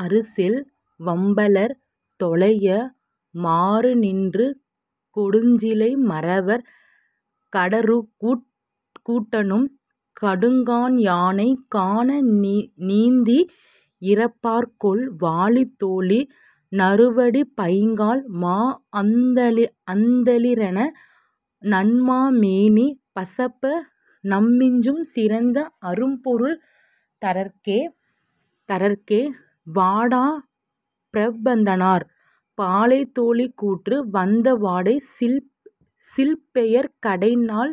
ஆறுசெல் வம்பலர் தொலைய மாறுநின்று கொடுஞ்சிலை மறவர் கடறுகூட் டுண்ணும் கடுங்கண் யானைக் கான நீந்தி இரப்பர்கொல் வாழி தோழி நறுவடிப் பைங்கால் மாஅத் தந்தளி ரன்ன நன்மா மேனி பசப்ப நம்மினுஞ் சிறந்த அரும்பொருள் தரற்கே. -வாடாப் பிரபந்தனார்.. பாலை தோழி கூற்று வந்த வாடைச் சில்பெயற் கடைநாள்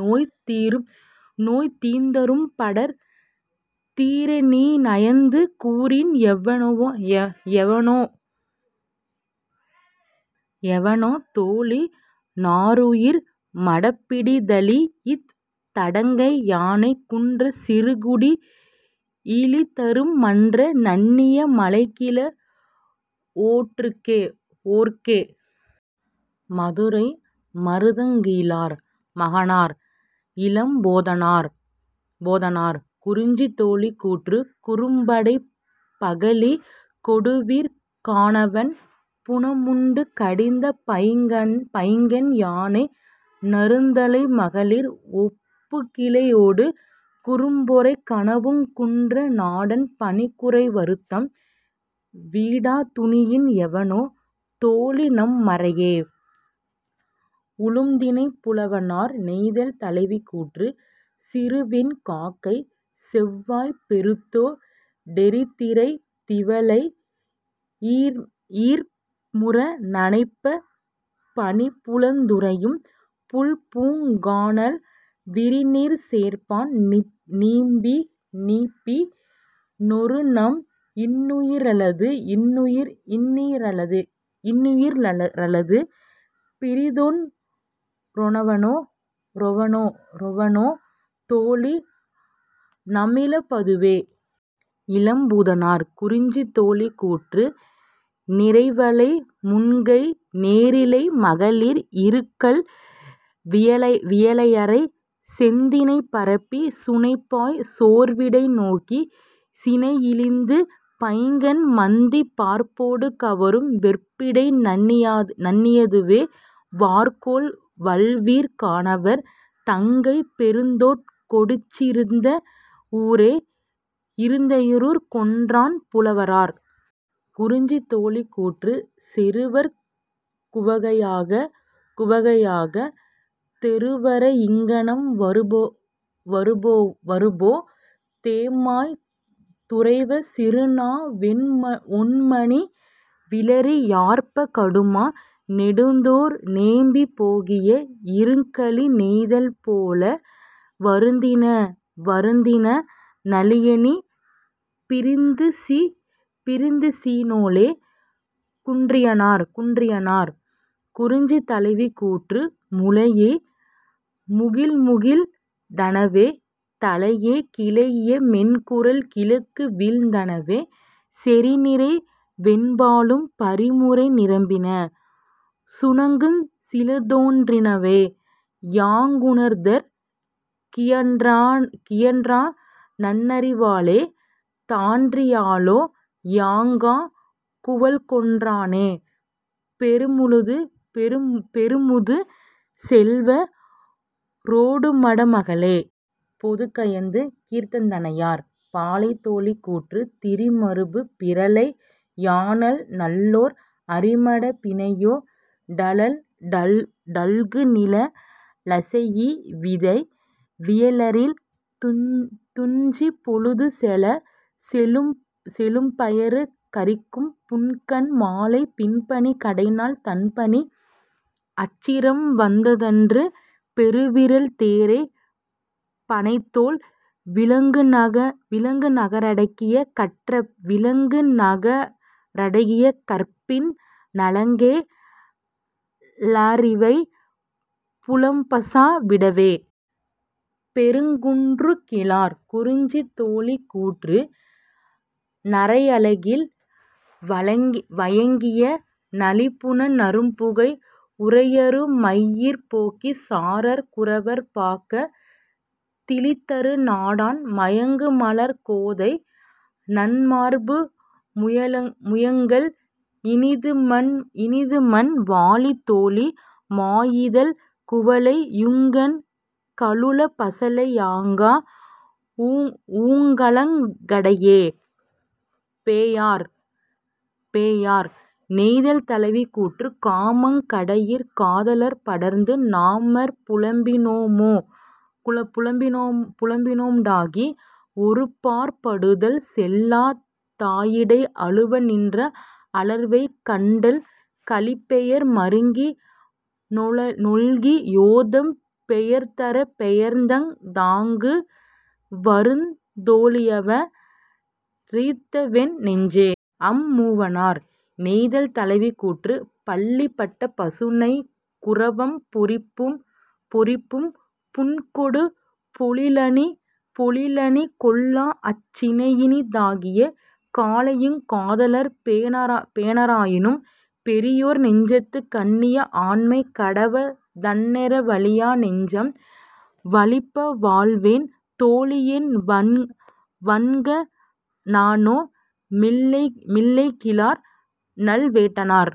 நோய்நீந் தரும்படர் தீரநீ நயந்து கூறின் எவனோ தோழி நாறுயிர் மடப்பிடி தழீஇத் தடக்கை யானை குன்றச் சிறுகுடி யிழிதரு மன்ற நண்ணிய மலைகிழ வோற்கே. -மதுரை மருதங்கிழார் மகனார் இளம்போத்தனார்.. குறிஞ்சி தோழி கூற்று குறும்படைப் பகழிக் கொடுவிற் கானவன் புனமுண்டு கடிந்த பைங்கண் யானை நறுந்தழை மகளிர் ஓப்புங் கிள்ளையொடு குறும்பொறைக் கணவுங் குன்ற நாடன் பணிக்குறை வருத்தம் வீடத் துணியின் எவனோ தோழிநம் மறையே. -உழுந்தினைம்புலவனார்.. நெய்தல் தலைவி கூற்று சிறுவெண் காக்கைச் செவ்வாய்ப் பெருந்தோ டெறிதிரைத் திவலை யீர்ம்புற நனைப்பப் பனிபுலந் துறையும் பல்பூங் கானல் விரிநீர்ச் சேர்ப்பன் நீப்பி னொருநம் இன்னுயி ரல்லது பிறிதொன் றெவனோ தோழி நாமிழப் பதுவே. -இளம்பூதனார்.. குறிஞ்சி தோழி கூற்று நிரைவளை முன்கை நேரிழை மகளிர் இருங்கல் வியலறைச் செந்தினை பரப்பிச் சுனைபாய் சோர்விடை நோக்கிச் சினையிழிந்து பைங்கண் மந்தி பார்ப்போடு கவரும் வெற்பிடை நண்ணி யதுவே வார்கோல் வல்விற் கானவர் தங்கைப் பெருந்தோட் கொடிச்சி யிருந்த வூரே. -இருந்தையூர்க் கொற்றன் புலவனார்.. குறிஞ்சி தோழி கூற்று செறுவர்க் குவகை யாகத் தெறுவர ஈங்கனம் வருபவோ தேம்பாய் துறைவ சிறுநா வொண்மணி விளரி யார்ப்பக் கடுமா நெடுந்தேர் நேமி போகிய இருங்கழி நெய்தல் போல வருந்தின ளளியணீ பிரிந்திசி னோளே. -குன்றியனார்.. குறிஞ்சி தலைவன் கூற்று முலையே முகிழ்முகிழ்த் தனவே தலையே கிளைஇய மென்குரல் கிழக்கு வீழ்ந் தனவே செறிநிரை வெண்பலும் பறிமுறை நிரம்பின சுணங்குஞ் சிலதோன் றினவே யணங்குதற் கியான்ற னறிவலே தானறி யலளே யாங்கா குவள்கொ றானே பெருமுது செல்வ ரொருமட மகளே. -பொதுக்கயத்துக் கீரந்தையார்.. பாலை தோழி கூற்று திரிமருப் பிரலை யண்ணல் நல்லேறு அரிமடப் பிணையோ டல்குநிழ லசைஇ வீததை வியலரில் துஞ்சிப் பொழுதுசெலச் செழும்பயறு கறிக்கும் புன்கண் மாலைப் பின்பனிக் கடைநாள் தண்பனி அச்சிரம் வந்தன்று பெருவிறல் தேரே பணைத்தோள் விளங்குநக ரடங்கிய கற்பின் நலங்கே ழரிவை புலம்பசா விடவே. -பெருங்குன்றூர்கிழார்.. குறிஞ்சி தோழி கூற்று நறையகில் வயங்கிய நளிபுன நறும்புகை உறையறு மையிற் போகிச் சாரற் குறவர் பாக்கத் திழிதரு நாடன் மயங்குமலர்க் கோதை நன்மார்பு முயங்கல் இனிதுமன் வாழி தோழி மாயிதழ்க் குவளை யுண்கண் கலுழப் பசலை யாகா வூங்கலங் கடையே. -பேயார்.. நெய்தல் தலைவி கூற்று காமங் கடையிற் காதலர்ப் படர்ந்து நாமவர்ப் புலம்பி னம்மோ டாகி ஒருபாற் படுதல் செல்லா தாயிடை அழுவ நின்ற அலர்வேய் கண்டல் கழிபெயர் மருங்கி னொல்கி யோதம் பெயர்தரப் பெயர்தந் தாங்கு வருந்துந் தோழியவ ரிருந்தவென் நெஞ்சே. -அம்மூவனார்.. நெய்தல் தலைவி கூற்று பல்வீ பட்ட பசுநனைக் குரவம் பொரிப்பூம் புன்கொடு பொழிலணிக் கொளாஅச் சினையினி தாகிய காலையுங் காதலர் பேணா ராயினும் பெரியோர் நெஞ்சத்துக் கண்ணிய ஆண்மை கடவ தன்றென வலியா நெஞ்சம் வலிப்ப வாழ்வேன் தோழியென் வன்க ணானே. -மிளைகிழார் நல்வேட்டனார்..